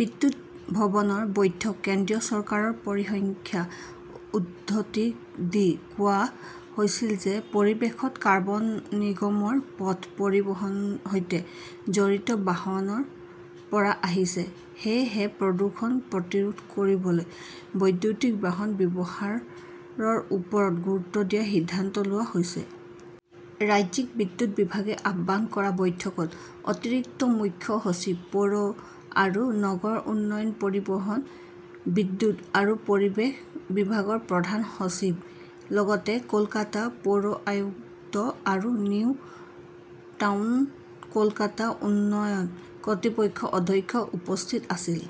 বিদ্যুৎ ভৱনৰ বৈঠকত কেন্দ্ৰীয় চৰকাৰৰ পৰিসংখ্যাৰ উদ্ধৃতি দি কোৱা হৈছিল যে পৰিৱেশত কাৰ্বন নিৰ্গমনৰ পথ পৰিবহণৰ সৈতে জড়িত বাহনৰ পৰা আহিছে। সেয়েহে প্ৰদূষণ প্ৰতিৰোধ কৰিবলৈ বৈদ্যুতিক বাহনৰ ব্যৱহাৰৰ ওপৰত গুৰুত্ব দিয়াৰ সিদ্ধান্ত লোৱা হৈছে। ৰাজ্যিক বিদ্যুৎ বিভাগে আহ্বান কৰা বৈঠকত অতিৰিক্ত মুখ্য সচিব, পৌৰ আৰু নগৰ উন্নয়ন, পৰিবহণ, বিদ্যুৎ আৰু পৰিৱেশ বিভাগৰ প্ৰধান সচিবৰ লগতে কলকাতা পৌৰ আয়ুক্ত আৰু নিউ টাউন কলকাতা উন্নয়ন কৰ্তৃপক্ষৰ অধ্যক্ষ উপস্থিত আছিল।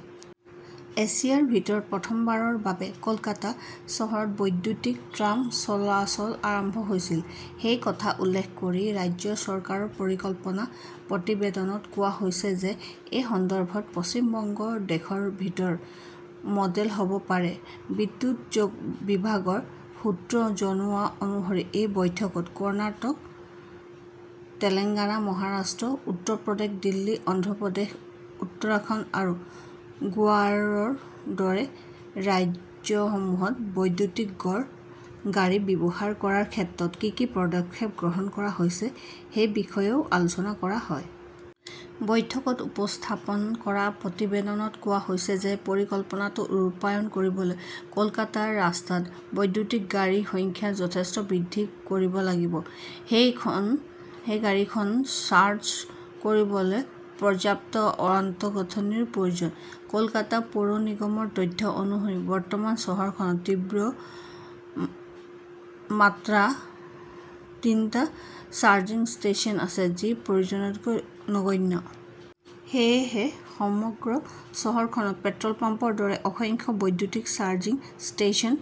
এছিয়াৰ ভিতৰত প্ৰথমবাৰৰ বাবে কলকাতা চহৰত বৈদ্যুতিক ট্ৰাম চলাচল আৰম্ভ হৈছিল। সেই কথা উল্লেখ কৰি ৰাজ্য চৰকাৰৰ পৰিকল্পনা প্ৰতিবেদনত কোৱা হৈছে যে এই সন্দৰ্ভত পশ্চিম বংগ দেশৰ ভিতৰত 'মডেল হব পাৰে। বিদ্যুৎ বিভাগৰ সূত্ৰই জনোৱা অনুসৰি এই বৈঠকত কৰ্ণাটক, তেলেংগানা, মহাৰাষ্ট্ৰ, উত্তৰ প্ৰদেশ, দিল্লী, অন্ধ্ৰ প্ৰদেশ, উত্তৰাখণ্ড আৰু গোৱাৰ দৰে ৰাজ্যসমূহত বৈদ্যুতিক গাড়ী ব্যৱহাৰ কৰাৰ ক্ষেত্ৰত কি কি পদক্ষেপ গ্ৰহণ কৰা হৈছে সেই বিষয়েও আলোচনা কৰা হয়। বৈঠকত উপস্থাপন কৰা প্ৰতিবেদনত কোৱা হৈছে যে পৰিকল্পনাটো ৰূপায়ণ কৰিবলৈ কলকাতাৰ ৰাস্তাত বৈদ্যুতিক গাড়ীৰ সংখ্যা যথেষ্ট বৃদ্ধি কৰিব লাগিব। সেই গাড়ীখন চাৰ্জ কৰিবলৈ পৰ্যাপ্ত আন্তঃগাঁথনিৰো প্ৰয়োজন। কলকাতা পৌৰ নিগমৰ তথ্য অনুসৰি, বৰ্তমান চহৰখনত মাত্ৰ তিনিটা চাৰ্জিং ষ্টেচন আছে, যি প্ৰয়োজনতকৈ নগণ্য। সেয়েহে সমগ্ৰ চহৰখনত পেট্ৰল পাম্পৰ দৰে অসংখ্য বৈদ্যুতিক চাৰ্জিং ষ্টেচন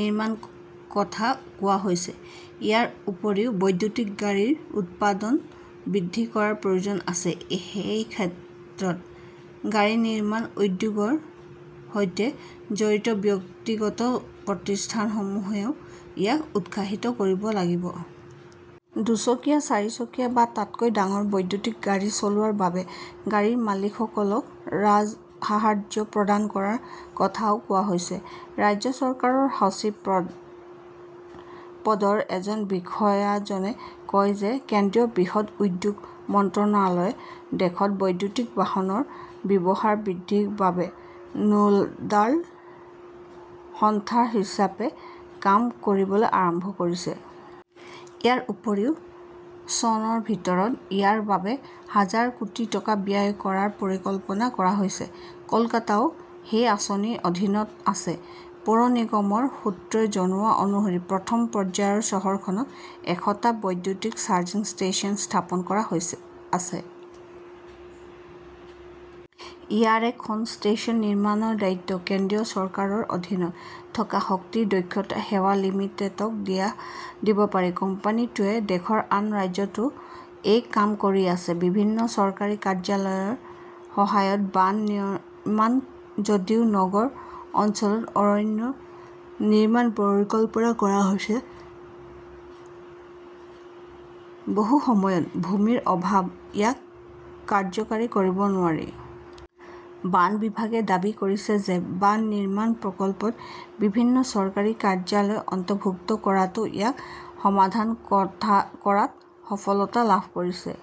নিৰ্মাণৰ কথা কোৱা হৈছে। ইয়াৰ উপৰিও বৈদ্যুতিক গাড়ীৰ উৎপাদন বৃদ্ধি কৰাৰ প্ৰয়োজন আছে। সেই ক্ষেত্ৰত, গাড়ী নিৰ্মাণ উদ্যোগৰ সৈতে জড়িত ব্যক্তিগত প্ৰতিষ্ঠানসমূহেও ইয়াক উৎসাহিত কৰিব লাগিব। দুচকীয়া, চাৰিচকীয়া বা তাতকৈ ডাঙৰ বৈদ্যুতিক গাড়ী চলোৱাৰ বাবে গাড়ীৰ মালিকসকলক ৰাজসাহায্য প্ৰদান কৰাৰ কথাও কোৱা হৈছে। ৰাজ্য চৰকাৰৰ সচিব পদৰ এজন বিষয়াজনে কয় যে কেন্দ্ৰীয় বৃহৎ উদ্যোগ মন্ত্ৰালয়ে দেশত বৈদ্যুতিক বাহনৰ ব্যৱহাৰ বৃদ্ধিৰ বাবে নোডাল সংস্থা হিচাপে কাম কৰিবলৈ আৰম্ভ কৰিছে। ইয়াৰ উপৰিও চনৰ ভিতৰত ইয়াৰ বাবে হাজাৰ কোটি টকা ব্যয় কৰাৰ পৰিকল্পনা কৰা হৈছে। কলকাতাও সেই আঁচনিৰ অধীনত আছে। পৌৰ নিগমৰ সূত্ৰই জনোৱা অনুসৰি প্ৰথম পৰ্যায়ত চহৰখনত এশ টা বিদ্যুৎ চাৰ্জিং ষ্টেচন স্থাপন কৰাৰ কথা আছে। ইয়াৰে খন ষ্টেচন নিৰ্মাণৰ দায়িত্ব কেন্দ্ৰীয় চৰকাৰৰ অধীনত থকা শক্তি দক্ষতা সেৱা লিমিটেডক দিব পাৰি। কোম্পানীটোৱে দেশৰ আন ৰাজ্যতো এই কাম কৰি আছে। বিভিন্ন চৰকাৰী কাৰ্যালয়ৰ সহায়ত বন নিৰ্মাণ যদিও নগৰ অঞ্চলত অৰণ্য নিৰ্মাণৰ পৰিকল্পনা কৰা হৈছে, বহু সময়ত ভূমিৰ অভাৱত ইয়াক কাৰ্যকৰী কৰিব নোৱাৰি। বন বিভাগে দাবী কৰিছে যে বন নিৰ্মাণ প্ৰকল্পত বিভিন্ন চৰকাৰী কাৰ্যালয় অন্তৰ্ভুক্ত কৰাটোৱে ইয়াক সমাধান কৰাত সফলতা লাভ কৰিছে।